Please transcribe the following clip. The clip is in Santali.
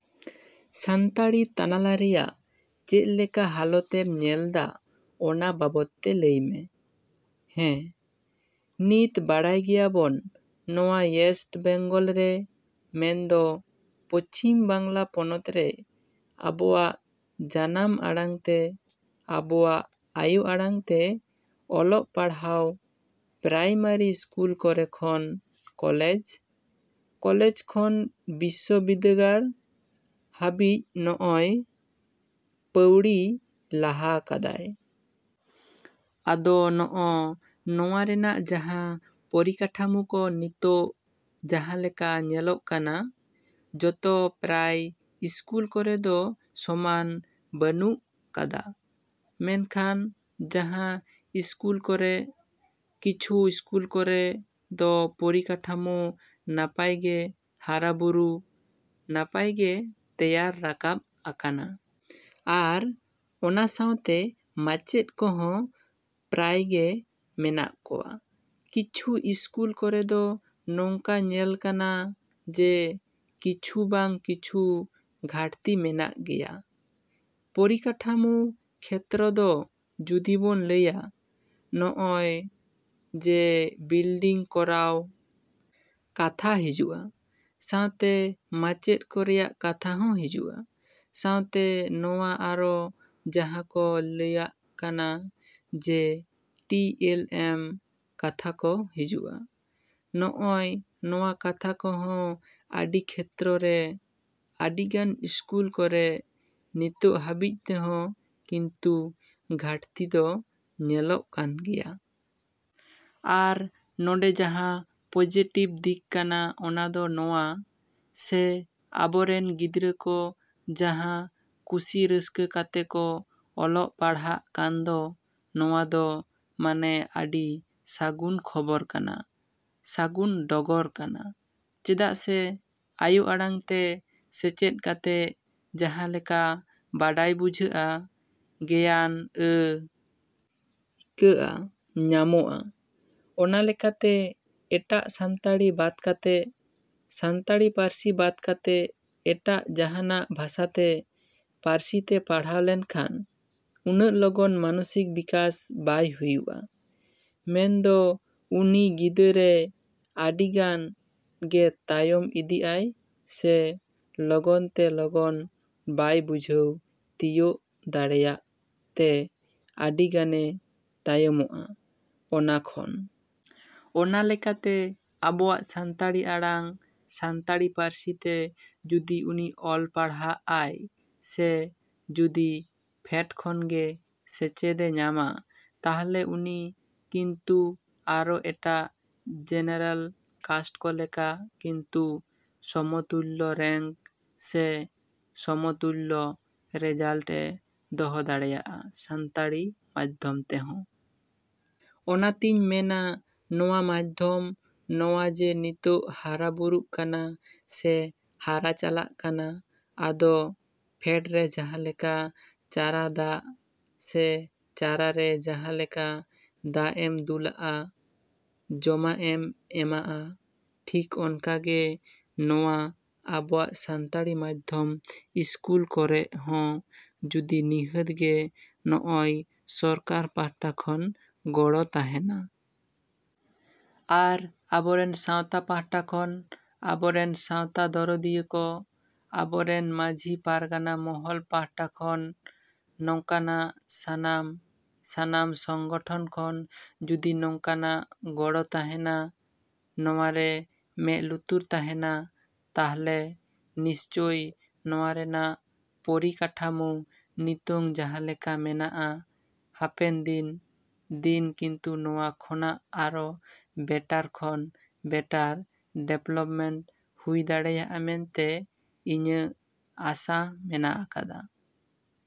ᱥᱟᱱᱛᱟᱲᱤ ᱛᱟᱱᱟᱞᱟ ᱨᱮᱭᱟᱜ ᱪᱮᱫ ᱞᱮᱠᱟ ᱦᱟᱞᱚᱛ ᱮᱢ ᱧᱮᱞᱫᱟ ᱚᱱᱟ ᱵᱟᱵᱚᱫ ᱛᱮ ᱞᱟᱹᱭᱢᱮ? ᱦᱮᱸ, ᱱᱤᱛ ᱵᱟᱲᱟᱭ ᱜᱮᱭᱟᱵᱚᱱ ᱱᱚᱣᱟ ᱣᱮᱥᱴ ᱵᱮᱝᱜᱚᱞ ᱨᱮ ᱢᱮᱱᱫᱚ ᱯᱚᱪᱷᱤᱢ ᱵᱟᱝᱞᱟ ᱯᱚᱱᱚᱛ ᱨᱮ ᱟᱵᱚᱣᱟᱜ ᱡᱟᱱᱟᱢ ᱟᱲᱟᱝ ᱛᱮ, ᱟᱵᱚᱣᱟᱜ ᱟᱭᱳ ᱟᱲᱟᱝ ᱛᱮ ᱚᱞᱚᱜ ᱯᱟᱲᱦᱟᱣ ᱯᱨᱟᱭᱢᱟᱨᱤ ᱤᱥᱠᱩᱞ ᱠᱚᱨᱮ ᱠᱷᱚᱱ ᱠᱚᱞᱮᱡᱽ, ᱠᱚᱞᱮᱡᱽ ᱠᱷᱚᱱ ᱵᱤᱥᱥᱚ ᱵᱤᱫᱟᱹᱜᱟᱲ ᱦᱟᱹᱵᱤᱡ ᱱᱚᱜᱼᱚᱭ ᱯᱟᱹᱣᱲᱤ ᱞᱟᱦᱟ ᱠᱟᱫᱟᱭ᱾ ᱟᱫᱚ ᱱᱚᱜᱼᱚ ᱱᱚᱣᱟ ᱨᱮᱱᱟᱜ ᱡᱟᱦᱟᱸ ᱯᱚᱨᱤᱠᱟᱴᱷᱟᱢᱳ ᱠᱚ ᱱᱤᱛᱚᱜ ᱡᱟᱦᱟᱸ ᱞᱮᱠᱟ ᱧᱮᱞᱚᱜ ᱠᱟᱱᱟ, ᱡᱚᱛᱚ ᱯᱨᱟᱭ ᱤᱥᱠᱩᱞ ᱠᱚᱨᱮ ᱫᱚ ᱥᱚᱢᱟᱱ ᱵᱟᱹᱱᱩᱜ ᱠᱟᱫᱟ, ᱢᱮᱱᱠᱷᱟᱱ ᱡᱟᱦᱟᱸ ᱤᱥᱠᱩᱞ ᱠᱚᱨᱮ, ᱠᱤᱪᱷᱩ ᱤᱥᱠᱩᱞ ᱠᱚᱨᱮ ᱫᱚ ᱯᱚᱨᱤᱠᱟᱴᱷᱟᱢᱳ ᱱᱟᱯᱟᱭ ᱜᱮ ᱦᱟᱨᱟᱼᱵᱩᱨᱩ, ᱱᱟᱯᱟᱭ ᱜᱮ ᱛᱮᱭᱟᱨ ᱨᱟᱠᱟᱵ ᱟᱠᱟᱱᱟ᱾ ᱟᱨ ᱚᱱᱟ ᱥᱟᱶᱛᱮ ᱢᱟᱪᱮᱫ ᱠᱚᱦᱚᱸ ᱯᱨᱟᱭ ᱜᱮ ᱢᱮᱱᱟᱜ ᱠᱚᱣᱟ᱾ ᱠᱤᱪᱷᱩ ᱤᱥᱠᱩᱞ ᱠᱚᱨᱮ ᱫᱚ ᱱᱚᱝᱠᱟ ᱧᱮᱞ ᱠᱟᱱᱟ ᱡᱮ ᱠᱤᱪᱷᱩ ᱵᱟᱝ ᱠᱤᱪᱷᱩ ᱜᱷᱟᱴᱛᱤ ᱢᱮᱱᱟᱜ ᱜᱮᱭᱟ᱾ ᱯᱚᱨᱤᱠᱟᱴᱷᱟᱢᱳ ᱠᱷᱮᱛᱨᱚ ᱫᱚ ᱡᱩᱫᱤ ᱵᱚᱱ ᱞᱟᱹᱭᱟ, ᱱᱚᱜᱼᱚᱭ ᱡᱮ ᱵᱤᱞᱰᱤᱝ ᱠᱚᱨᱟᱣ ᱠᱟᱛᱷᱟ ᱦᱤᱡᱩᱜᱼᱟ, ᱥᱟᱶᱛᱮ ᱢᱟᱪᱮᱫ ᱠᱚ ᱨᱮᱭᱟᱜ ᱠᱟᱛᱷᱟ ᱦᱚᱸ ᱦᱤᱡᱩᱜᱼᱟ, ᱥᱟᱶᱛᱮ ᱱᱚᱣᱟ ᱟᱨᱚ ᱡᱟᱦᱟᱸ ᱠᱚ ᱞᱟᱹᱭᱟᱜ ᱠᱟᱱᱟ ᱡᱮ ᱴᱤ ᱮᱞ ᱮᱢ ᱠᱟᱛᱷᱟ ᱠᱚ ᱦᱤᱡᱩᱜᱼᱟ, ᱱᱚᱜᱼᱚᱭ ᱱᱚᱣᱟ ᱠᱟᱛᱷᱟ ᱠᱚᱦᱚᱸ ᱟᱹᱰᱤ ᱠᱷᱮᱛᱨᱚ ᱨᱮ, ᱟᱹᱰᱤᱜᱟᱱ ᱤᱥᱠᱩᱞ ᱠᱚᱨᱮᱜ ᱱᱤᱛᱚᱜ ᱦᱟᱹᱵᱤᱡ ᱛᱮᱦᱚᱸ ᱠᱤᱱᱛᱩ ᱜᱷᱟᱴᱛᱤ ᱫᱚ ᱧᱮᱞᱚᱜ ᱠᱟᱱ ᱜᱮᱭᱟ᱾ ᱟᱨ ᱱᱚᱰᱮ ᱡᱟᱦᱟᱸ ᱯᱚᱡᱮᱴᱤᱵᱽ ᱫᱤᱠ ᱠᱟᱱᱟ ᱚᱱᱟ ᱫᱚ ᱱᱚᱣᱟ ᱥᱮ ᱟᱵᱚᱨᱮᱱ ᱜᱤᱫᱽᱨᱟᱹ ᱠᱚ ᱡᱟᱦᱟᱸ ᱠᱩᱥᱤ ᱨᱟᱹᱥᱠᱟᱹ ᱠᱟᱛᱮ ᱠᱚ ᱚᱞᱚᱜ ᱯᱟᱲᱦᱟᱜ ᱠᱟᱱ ᱫᱚ, ᱱᱚᱣᱟ ᱫᱚ ᱢᱟᱱᱮ ᱟᱹᱰᱤ ᱥᱟᱹᱜᱩᱱ ᱠᱷᱚᱵᱚᱨ ᱠᱟᱱᱟ, ᱥᱟᱹᱜᱩᱱ ᱰᱚᱜᱚᱨ ᱠᱟᱱᱟ᱾ ᱪᱮᱫᱟᱜ ᱥᱮ ᱟᱭᱳ ᱟᱲᱟᱝ ᱛᱮ ᱥᱮᱪᱮᱫ ᱠᱟᱛᱮ ᱡᱟᱦᱟᱸ ᱞᱮᱠᱟ ᱵᱟᱰᱟᱭ ᱵᱩᱡᱷᱟᱹᱜᱼᱟ, ᱜᱮᱭᱟᱱ ᱟ. ᱭᱠᱟᱹᱜᱼᱟ ᱧᱟᱢᱚᱜᱼᱟ᱾ ᱚᱱᱟ ᱞᱮᱠᱟᱛᱮ ᱮᱴᱟᱜ ᱥᱟᱱᱛᱟᱲᱤ ᱵᱟᱫ ᱠᱟᱛᱮ, ᱥᱟᱱᱛᱟᱲᱤ ᱯᱟᱹᱨᱥᱤ ᱵᱟᱫ ᱠᱟᱛᱮ ᱮᱴᱟᱜ ᱡᱟᱦᱟᱱᱟᱜ ᱵᱷᱟᱥᱟᱛᱮ, ᱯᱟᱹᱨᱥᱤ ᱛᱮ ᱯᱟᱲᱦᱟᱣ ᱞᱮᱱᱠᱷᱟᱱ ᱩᱱᱟᱹᱜ ᱞᱚᱜᱚᱱ ᱢᱟᱱᱚᱥᱤᱠ ᱵᱤᱠᱟᱥ ᱵᱟᱭ ᱦᱩᱭᱩᱜᱼᱟ, ᱢᱮᱱᱫᱚ ᱩᱱᱤ ᱜᱤᱫᱟᱹᱨᱮ ᱟᱹᱰᱤ ᱜᱟᱱ ᱜᱮ ᱛᱟᱭᱚᱢ ᱤᱫᱤᱜ ᱟᱭ ᱥᱮ ᱞᱚᱜᱚᱱ ᱛᱮ ᱞᱚᱜᱚᱱ ᱵᱟᱭ ᱵᱩᱡᱷᱟᱹᱣ ᱛᱤᱭᱳᱜ ᱫᱟᱲᱮᱭᱟᱜ ᱛᱮ ᱟᱹᱰᱤᱜᱟᱱᱮ ᱛᱟᱭᱚᱢᱚᱜᱼᱟ ᱚᱱᱟ ᱠᱷᱚᱱ᱾ ᱚᱱᱟ ᱞᱮᱠᱟᱛᱮ ᱟᱵᱚᱣᱟᱜ ᱥᱟᱱᱛᱟᱲᱤ ᱟᱲᱟᱝ, ᱥᱟᱱᱛᱟᱲᱤ ᱯᱟᱹᱨᱥᱤ ᱛᱮ ᱡᱩᱫᱤ ᱩᱱᱤ ᱚᱞ ᱯᱟᱲᱦᱟᱜᱼᱟᱭ ᱥᱮ ᱡᱩᱫᱤ ᱯᱷᱮᱰ ᱠᱷᱚᱱᱜᱮ ᱥᱮᱪᱮᱫᱮ ᱧᱟᱢᱟ, ᱛᱟᱦᱚᱞᱮ ᱩᱱᱤ ᱠᱤᱱᱛᱩ ᱟᱨᱚ ᱮᱴᱟᱜ ᱡᱮᱱᱮᱨᱮᱞ ᱠᱟᱥᱴ ᱠᱚ ᱞᱮᱠᱟ ᱠᱤᱱᱛᱩ ᱥᱚᱢᱚᱛᱩᱞᱞᱚ ᱨᱮᱝᱠ ᱥᱮ ᱥᱚᱢᱚᱛᱩᱞᱞᱚ ᱨᱮᱡᱟᱞᱴ ᱮ ᱫᱚᱦᱚ ᱫᱟᱲᱮᱭᱟᱜᱼᱟ ᱥᱟᱱᱛᱟᱲᱤ ᱢᱟᱫᱽᱫᱷᱚᱢ ᱛᱮᱦᱚᱸ᱾ ᱚᱱᱟᱛᱤᱧ ᱢᱮᱱᱟ ᱱᱚᱣᱟ ᱢᱟᱫᱽᱫᱷᱚᱢ, ᱱᱚᱣᱟ ᱡᱮ ᱱᱤᱛᱚᱜ ᱦᱟᱨᱟᱼᱵᱩᱨᱩᱜ ᱠᱟᱱᱟ ᱥᱮ ᱦᱟᱨᱟ ᱪᱟᱞᱟᱜ ᱠᱟᱱᱟ, ᱟᱫᱚ ᱯᱷᱮᱰᱨᱮ ᱡᱟᱦᱟᱸ ᱞᱮᱠᱟ ᱪᱟᱨᱟ ᱫᱟᱜ ᱥᱮ ᱪᱟᱨᱟ ᱨᱮ ᱡᱟᱦᱟᱸ ᱞᱮᱠᱟ ᱫᱟᱜ ᱮᱢ ᱫᱩᱞᱟᱜᱼᱟ, ᱡᱚᱢᱟᱜ ᱮᱢ ᱮᱢᱟᱜᱼᱟ, ᱴᱷᱤᱠ ᱚᱱᱠᱟᱜᱮ ᱱᱚᱣᱟ ᱟᱵᱚᱣᱟᱜ ᱥᱟᱱᱛᱟᱲᱤ ᱢᱟᱫᱽᱫᱷᱚᱢ ᱤᱥᱠᱩᱞ ᱠᱚᱨᱮᱜ ᱦᱚᱸ ᱡᱩᱫᱤ ᱱᱤᱦᱟᱹᱛ ᱜᱮ ᱱᱚᱜᱼᱚᱭ ᱥᱚᱨᱠᱟᱨ ᱯᱟᱦᱴᱟ ᱠᱷᱚᱱ ᱜᱚᱲᱚ ᱛᱟᱦᱮᱱᱟ᱾ ᱟᱨ ᱟᱵᱚᱨᱮᱱ ᱥᱟᱶᱛᱟ ᱯᱟᱦᱴᱟ ᱠᱷᱚᱱ, ᱟᱵᱚ ᱨᱮᱱ ᱥᱟᱶᱛᱟ ᱫᱚᱨᱚᱫᱤᱭᱟᱹ ᱠᱚ, ᱟᱵᱚ ᱨᱮᱱ ᱢᱟᱹᱡᱷᱤ ᱯᱟᱨᱜᱟᱱᱟ ᱢᱚᱦᱚᱞ ᱯᱟᱦᱴᱟ ᱠᱷᱚᱱ, ᱱᱚᱝᱠᱟᱱᱟᱜ ᱥᱟᱱᱟᱢ ᱥᱟᱱᱟᱢ ᱥᱚᱝᱜᱚᱴᱷᱚᱱ ᱠᱷᱚᱱ ᱡᱩᱫᱤ ᱱᱚᱝᱠᱟᱱᱟᱜ ᱜᱚᱲᱚ ᱛᱟᱦᱮᱱᱟ, ᱱᱚᱣᱟᱨᱮ ᱢᱮᱫ ᱞᱩᱛᱩᱨ ᱛᱟᱦᱮᱱᱟ, ᱛᱟᱦᱞᱮ ᱱᱤᱥᱪᱳᱭ ᱱᱚᱣᱟ ᱨᱮᱱᱟᱜ ᱯᱚᱨᱤ ᱠᱟᱴᱷᱟᱢᱳ ᱱᱤᱛᱚᱝ ᱡᱟᱦᱟᱸ ᱞᱮᱠᱟ ᱢᱮᱱᱟᱜᱼᱟ, ᱦᱟᱯᱮᱱ ᱫᱤᱱ ᱫᱤᱱ ᱠᱤᱱᱛᱩ ᱱᱚᱣᱟ ᱠᱷᱚᱱᱟᱜ ᱟᱨᱚ ᱵᱮᱴᱟᱨ ᱠᱷᱚᱱ ᱵᱮᱴᱟᱨ ᱰᱮᱵᱷᱞᱚᱯᱢᱮᱱᱴ ᱦᱩᱭ ᱫᱟᱲᱮᱭᱟᱜᱼᱟ ᱢᱮᱱᱛᱮ ᱤᱧᱟᱹᱜ ᱟᱥᱟ ᱢᱮᱱᱟᱜ ᱟᱠᱟᱫᱟ᱾